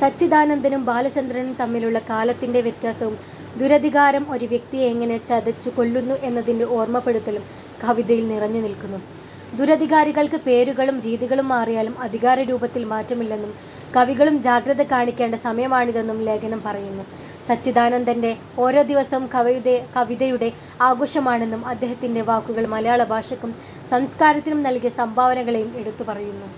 സച്ചിദാനന്ദനും ബാലചന്ദ്രനും തമ്മിലുള്ള കാലത്തിന്റെ വ്യത്യാസവും, ദുരധികാരം ഒരു വ്യക്തിയെ എങ്ങനെ ചതച്ചുകൊല്ലുന്നു എന്നതിന്റെ ഓർമ്മപ്പെടുത്തലും കവിതയിൽ നിറഞ്ഞുനിൽക്കുന്നു. ദുരധികാരികൾക്ക് പേരുകളും രീതികളും മാറിയാലും അധികാരരൂപത്തിൽ മാറ്റമില്ലെന്നും, കവികളും ജാഗ്രത കാണിക്കേണ്ട സമയമാണിതെന്നും ലേഖനം പറയുന്നു. സച്ചിദാനന്ദന്റെ ഓരോ ദിവസവും കവിതയുടെ ആഘോഷമാണെന്നും, അദ്ദേഹത്തിന്റെ വാക്കുകൾ മലയാള ഭാഷയ്ക്കും സംസ്കാരത്തിനും നൽകിയ സംഭാവനകളെയും എടുത്തുപറയുന്നു.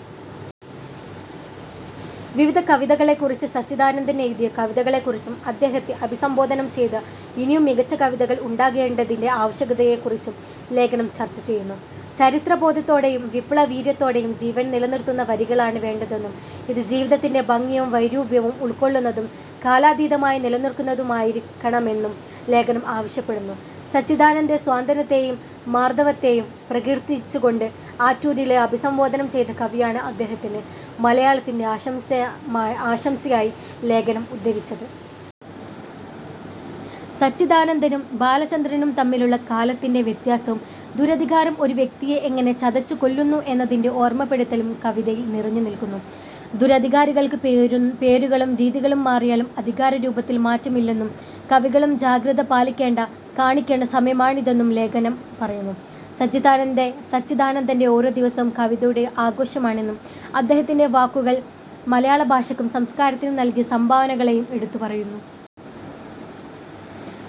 വിവിധ കവികളെക്കുറിച്ച് സച്ചിദാനന്ദൻ എഴുതിയ കവിതകളെക്കുറിച്ചും, അദ്ദേഹത്തെ അഭിസംബോധന ചെയ്ത് ഇനിയും മികച്ച കവിതകൾ ഉണ്ടാകേണ്ടതിന്റെ ആവശ്യകതയെക്കുറിച്ചും ലേഖനം ചർച്ച ചെയ്യുന്നു. ചരിത്രബോധത്തോടെയും വിപ്ലവ വീര്യത്തോടെയും ജീവൻ നിലനിർത്തുന്ന വരികളാണ് വേണ്ടതെന്നും, ഇത് ജീവിതത്തിന്റെ ഭംഗിയും വൈരൂപ്യവും ഉൾക്കൊള്ളുന്നതും കാലാതീതമായി നിലനിൽക്കുന്നതുമായിരിക്കണമെന്നും ലേഖനം ആവശ്യപ്പെടുന്നു. സച്ചിദാനന്ദന്റെ സാന്ത്വനത്തെയും മാർദ്ദവത്തെയും പ്രകീർത്തിച്ചുകൊണ്ട് ആറ്റൂരിനെ അഭിസംബോധന ചെയ്ത കവിതയാണ് അദ്ദേഹത്തിന് മലയാളത്തിന്റെ ആശംസയായി ലേഖനം ഉദ്ധരിക്കുന്നത്. സച്ചിദാനന്ദനും ബാലചന്ദ്രനും തമ്മിലുള്ള കാലത്തിന്റെ വ്യത്യാസവും, ദുരധികാരം ഒരു വ്യക്തിയെ എങ്ങനെ ചതച്ചുകൊല്ലുന്നു എന്നതിന്റെ ഓർമ്മപ്പെടുത്തലും കവിതയിൽ നിറഞ്ഞുനിൽക്കുന്നു. ദുരധികാരികൾക്ക് പേരുകളും രീതികളും മാറിയാലും അധികാരരൂപത്തിൽ മാറ്റമില്ലെന്നും, കവികളും ജാഗ്രത കാണിക്കേണ്ട സമയമാണിതെന്നും ലേഖനം പറയുന്നു. സച്ചിദാനന്ദന്റെ ഓരോ ദിവസവും കവിതയുടെ ആഘോഷമാണെന്നും, അദ്ദേഹത്തിന്റെ വാക്കുകൾ മലയാള ഭാഷയ്ക്കും സംസ്കാരത്തിനും നൽകിയ സംഭാവനകളെയും എടുത്തുപറയുന്നു.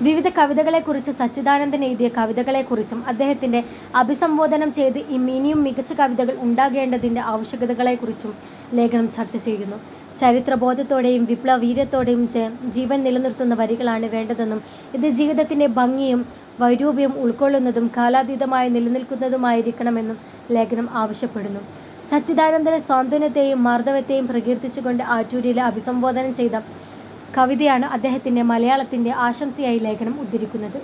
വിവിധ കവികളെക്കുറിച്ച് സച്ചിദാനന്ദൻ എഴുതിയ കവിതകളെക്കുറിച്ചും, അദ്ദേഹത്തെ അഭിസംബോധന ചെയ്ത് ഇനിയും മികച്ച കവിതകൾ ഉണ്ടാകേണ്ടതിന്റെ ആവശ്യകതയെക്കുറിച്ചും ലേഖനം ചർച്ച ചെയ്യുന്നു. ചരിത്രബോധത്തോടെയും വിപ്ലവ വീര്യത്തോടെയും ജീവൻ നിലനിർത്തുന്ന വരികളാണ് വേണ്ടതെന്നും, ഇത് ജീവിതത്തിന്റെ ഭംഗിയും വൈരൂപ്യവും ഉൾക്കൊള്ളുന്നതും കാലാതീതമായി നിലനിൽക്കുന്നതുമായിരിക്കണമെന്നും ലേഖനം ആവശ്യപ്പെടുന്നു. സച്ചിദാനന്ദന്റെ സാന്ത്വനത്തെയും മാർദ്ദവത്തെയും പ്രകീർത്തിച്ചുകൊണ്ട് ആറ്റൂരിനെ അഭിസംബോധന ചെയ്ത കവിതയാണ് അദ്ദേഹത്തിന് മലയാളത്തിന്റെ ആശംസയായി ലേഖനം ഉദ്ധരിക്കുന്നത്.